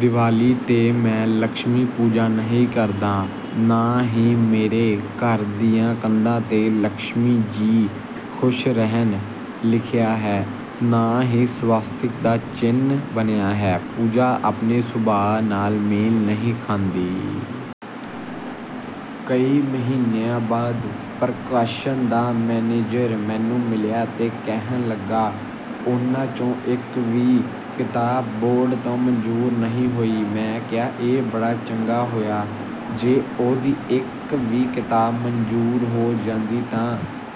ਦਿਵਾਲੀ ਤੇ ਮੈਂ ਲੱਛਮੀ ਪੂਜਾ ਨਹੀਂ ਕਰਦਾ। ਨਾਂ ਹੀ ਮੇਰੇ ਘਰ ਦੀਆਂ ਕੰਧਾਂ ਤੇ 'ਲੱਛਮੀ ਜੀ ਖੁਸ਼ ਰਹਿਣ' ਲਿਖਿਆ ਹੈ ਨਾਂ ਹੀ ਸਵਾਸਤਿਕ ਦਾ ਚਿੰਨ ਬਣਿਆ ਹੈ। ਪੂਜਾ ਆਪਣੇ ਸੁਭਾਅ ਨਾਲ ਮੇਲ ਨਹੀਂ ਖਾਂਦੀ। ਕਈ ਮਹੀਨਿਆਂ ਬਾਅਦ ਪ੍ਰਕਾਸ਼ਨ ਦਾ ਮੈਨੇਜਰ ਮੈਨੂੰ ਮਿਲ਼ਿਆ, ਤੇ ਕਹਿਣ ਲੱਗਾ ਉਹਨਾਂ 'ਚੋਂ ਇੱਕ ਵੀ ਕਿਤਾਬ ਬੋਰਡ ਤੋਂ ਮਨਜ਼ੂਰ ਨਹੀਂ ਹੋਈ। ਮੈਂ ਕਿਹਾ ਇਹ ਬੜਾ ਚੰਗਾ ਹੋਇਆ। ਜੇ ਉਹਦੀ ਇੱਕ ਵੀ ਕਿਤਾਬ ਮਨਜ਼ੂਰ ਹੋ ਜਾਂਦੀ ਤਾਂ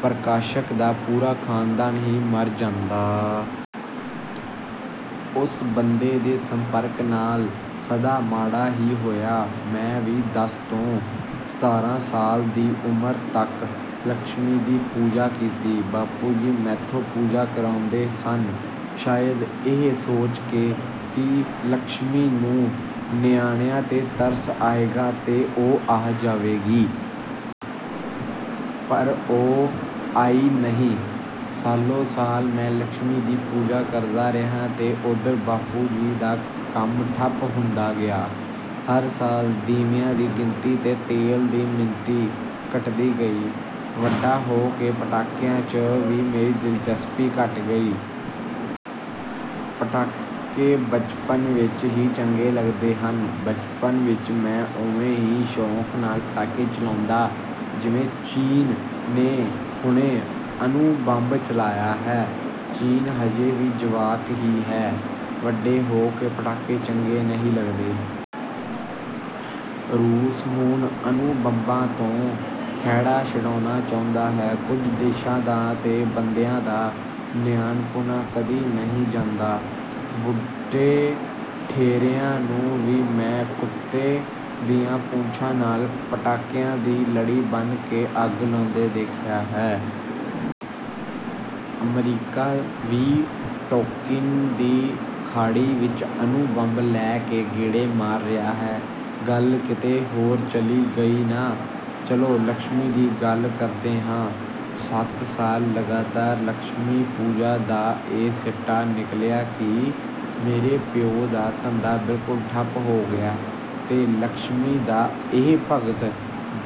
ਪ੍ਰਕਾਸ਼ਕ ਦਾ ਪੂਰਾ ਖਾਨਦਾਨ ਹੀ ਮਰ ਜਾਂਦਾ। ਓਸ ਬੰਦੇ ਦੇ ਸੰਪਰਕ ਨਾਲ਼ ਸਦਾ ਮਾੜਾ ਹੀ ਹੋਇਆ। ਮੈਂ ਵੀ ਦਸ ਤੋਂ ਸਤਾਰ੍ਹਾਂ ਸਾਲ ਦੀ ਉਮਰ ਤੱਕ ਲੱਛਮੀ ਦੀ ਪੂਜਾ ਕੀਤੀ। ਬਾਪੂ ਜੀ ਮੈਥੋਂ ਪੂਜਾ ਕਰਾਉਂਦੇ ਸਨ। ਸ਼ਾਇਦ ਇਹ ਸੋਚਕੇ ਕਿ ਲੱਛਮੀ ਨੂੰ ਨਿਆਣਿਆਂ ਤੇ ਤਰਸ ਆਏਗਾ ਤੇ ਉਹ ਆ ਜਾਵੇਗੀ। ਪਰ ਉਹ ਆਈ ਨਹੀਂ। ਸਾਲੋ-ਸਾਲ ਮੈਂ ਲੱਛਮੀ ਦੀ ਪੂਜਾ ਕਰਦਾ ਰਿਹਾ ਤੇ ਓਧਰ ਬਾਪੂ ਜੀ ਦਾ ਕੰਮ ਠੱਪ ਹੁੰਦਾ ਗਿਆ। ਹਰ ਸਾਲ ਦੀਵਿਆਂ ਦੀ ਗਿਣਤੀ ਤੇ ਤੇਲ ਦੀ ਮਿਣਤੀ ਘਟਦੀ ਗਈ। ਵੱਡਾ ਹੋ ਕੇ ਪਟਾਕਿਆਂ 'ਚ ਵੀ ਮੇਰੀ ਦਿਲਚਸਪੀ ਘਟ ਗਈ। ਪਟਾਕੇ ਬਚਪਨ ਵਿੱਚ ਹੀ ਚੰਗੇ ਲੱਗਦੇ ਹਨ। ਬਚਪਨ ਵਿੱਚ ਮੈਂ ਉਵੇਂ ਹੀ ਸ਼ੌਂਕ ਨਾਲ਼ ਪਟਾਕੇ ਚਲਾਉਂਦਾ ਜਿਵੇਂ ਚੀਨ ਨੇ ਹੁਣੇ ਅਣੂ ਬੰਬ ਚਲਾਇਆ ਹੈ। ਚੀਨ ਹਜੇ ਵੀ ਜਵਾਕ ਹੀ ਹੈ। ਵੱਡੇ ਹੋ ਕੇ ਪਟਾਕੇ ਚੰਗੇ ਨਹੀਂ ਲੱਗਦੇ। ਰੂਸ ਹੁਣ ਅਣੂ ਬੰਬਾਂ ਤੋਂ ਖਹਿੜਾ ਛਡਾਉਣਾ ਚਾਹੁੰਦਾ ਹੈ। ਕੁਝ ਦੇਸ਼ਾਂ ਦਾ ਤੇ ਬੰਦਿਆਂ ਦਾ ਨਿਆਣਪੁਣਾ ਕਦੀ ਨਹੀਂ ਜਾਂਦਾ। ਬੁੱਢੇ ਠੇਰਿਆਂ ਨੂੰ ਵੀ ਮੈਂ ਕੁੱਤੇ ਦੀਆਂ ਪੂਛਾਂ ਨਾਲ਼ ਪਟਾਕਿਆਂ ਦੀ ਲੜੀ ਬੰਨ ਕੇ ਅੱਗ ਲਾਉਂਦੇ ਦੇਖਿਆ ਹੈ। ਅਮਰੀਕਾ ਵੀ ਟੋਕਿਨ ਦੀ ਖਾੜੀ ਵਿੱਚ ਅਣੂ ਬੰਬ ਲੈ ਕੇ ਗੇੜੇ ਮਾਰ ਰਿਹਾ ਹੈ। ਗੱਲ ਕਿਤੇ ਹੋਰ ਚਲੀ ਗਈ ਨਾ? ਚਲੋ, ਲੱਛਮੀ ਦੀ ਗੱਲ ਕਰਦੇ ਹਾਂ। ਸੱਤ ਸਾਲ ਲਗਾਤਾਰ ਲੱਛਮੀ ਪੂਜਾ ਦਾ ਇਹ ਸਿੱਟਾ ਨਿੱਕਲਿਆ ਕਿ ਮੇਰੇ ਪਿਉ ਦਾ ਧੰਦਾ ਬਿਲਕੁਲ ਠੱਪ ਹੋ ਗਿਆ ਤੇ ਲੱਛਮੀ ਦਾ ਇਹ 'ਭਗਤ'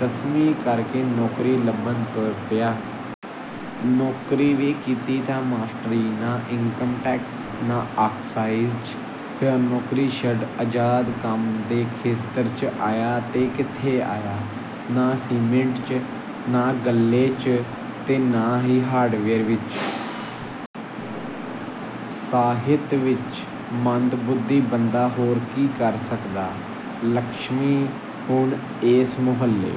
ਦਸਵੀਂ ਕਰਕੇ ਨੌਕਰੀ ਲੱਭਣ ਤੁਰ ਪਿਆ। ਨੌਕਰੀ ਵੀ ਕੀਤੀ ਤਾਂ ਮਾਸਟਰੀ। ਨਾਂ ਇਨਕਮ ਟੈਕਸ ਨਾਂ ਆਕਸਾਈਜ। ਫਿਰ ਨੌਕਰੀ ਛੱਡ ਅਜ਼ਾਦ ਕੰਮ ਦੇ ਖੇਤਰ 'ਚ ਆਇਆ, ਤੇ ਕਿੱਥੇ ਆਇਆ? ਨਾਂ ਸੀਮਿੰਟ 'ਚ, ਨਾਂ ਗੱਲੇ 'ਚ ਤੇ ਨਾਂ ਹੀ ਹਾਰਡਵੇਅਰ ਵਿੱਚ। ਸਾਹਿਤ ਵਿੱਚ! ਮੰਦਬੁੱਧੀ ਬੰਦਾ ਹੋਰ ਕੀ ਕਰ ਸਕਦਾ? ਲੱਛਮੀ ਹੁਣ ਏਸ ਮੁਹੱਲੇ